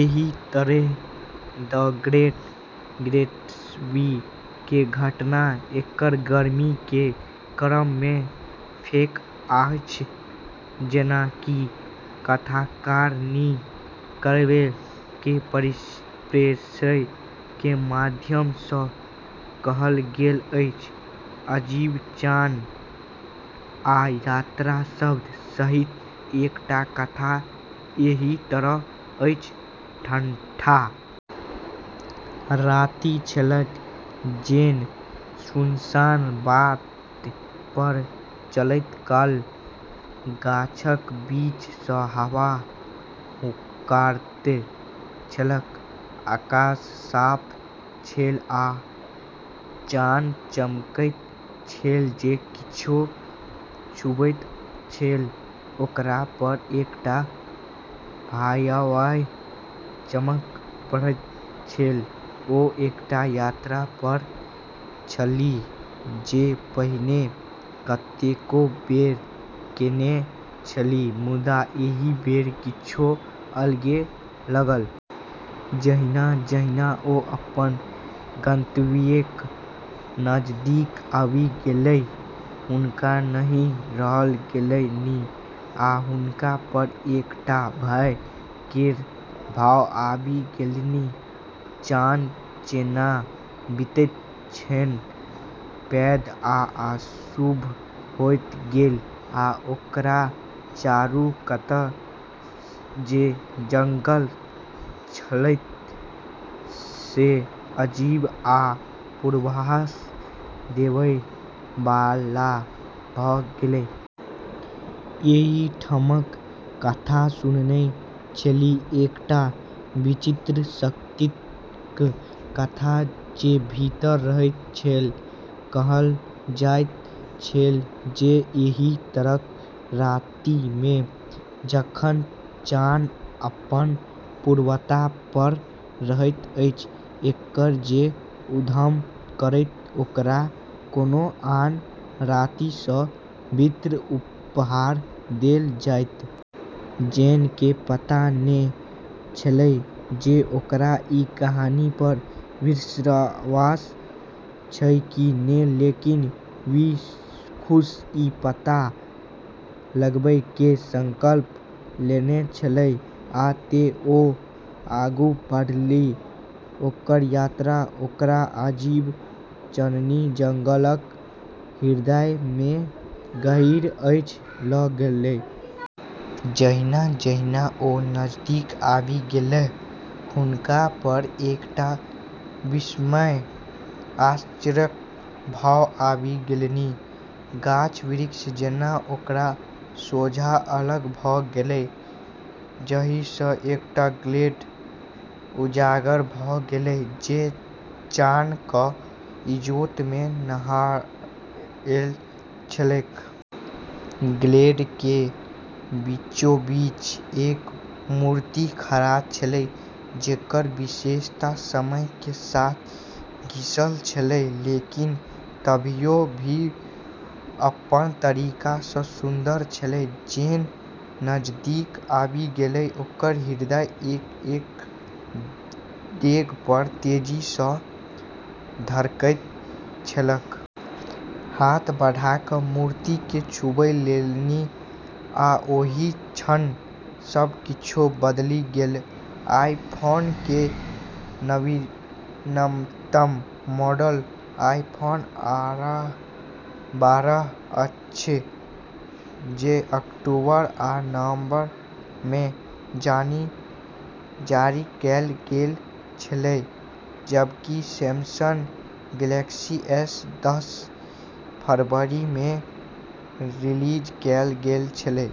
एहि तरहें "The Great Gatsby" के घटना एकल गर्मी के क्रम मे फैल अछि, जेना कि कथाकार निक कैरावे के परिप्रेक्ष्य के माध्यम सँ कहल गेल अछि। "अजीब", "चान", आ "यात्रा" शब्द सहित एकटा कथा एहि तरह अछि। ठंढा राति छलैक। जेन सुनसान बाट पर चलैत काल गाछक बीच सँ हवा हुंकारैत छलैक। आकाश साफ छल, आ चान चमकैत छल जे किछु छूबैत छल ओकरा पर एकटा भयावह चमक पड़ैत छल। ओ एकटा यात्रा पर छलीह, जे पहिने कतेको बेर केने छलीह, मुदा एहि बेर किछु अलगे लागल। जहिना-जहिना ओ अपन गंतव्यक नजदीक आबि गेलीह, हुनका नहि रहल गेलनि आ हुनका पर एकटा भय केर भाव आबि गेलनि। चान जेना बीतैत क्षण पैघ आ अशुभ होइत गेल आ ओकरा चारू कात जे जंगल छलैक से अजीब आ पूर्वाभास देबय बला भ' गेलै। एहि ठामक कथा सुनने छलीह, एकटा विचित्र शक्तिक कथा जे भीतर रहैत छल। कहल जाइत छल जे एहि तरहक राति मे, जखन चान अपन पूर्णता पर रहैत अछि, एतय जे उद्यम करत ओकरा कोनो आन राति सँ भिन्न उपहार देल जायत। जेन के पता नै छेलै जे ओकरा ई कहानी पर विश्वास छै कि नै, लेकिन वू खुद ई पता लगाबै के संकल्प लेने छेलै। आ तें, ओ आगू बढ़लीह। ओकर यात्रा ओकरा अजीब, चाननी जंगलक हृदय मे गहींर धरि ल' गेलै। जहिना-जहिना ओ नजदीक आबि गेलीह, हुनका पर एकटा विस्मय आश्चर्यक भाव आबि गेलनि। गाछ-बिरिछ जेना ओकरा सोझाँ अलग भ' गेलै, जाहि सँ एकटा ग्लेड उजागर भ' गेलै जे चान'क इजोत मे नहाएल छलैक। ग्लेड के बीचोबीच एक मूर्ति खड़ा छेलै, जेकर विशेषता समय के साथ घिसल छेलै लेकिन तभियो भी अपन तरीका सँ सुन्दर छेलै। जेन नजदीक आबि गेलै, ओकर हृदय एक-एक डेग पर तेजी सँ धड़कैत छलैक। हाथ बढ़ा क' मूर्ति केँ छूबि लेलनि, आ ओहि क्षण, सब किछु बदलि गेल। आईफोन के नवीनतम मॉडल आईफोन बारह अछि, जे अक्टूबर आ नवंबर मे जारी कएल गेल छेलै। जबकि सैमसंग गैलेक्सी एस दस फरवरी मे रिलीज कएल गेल छेलै।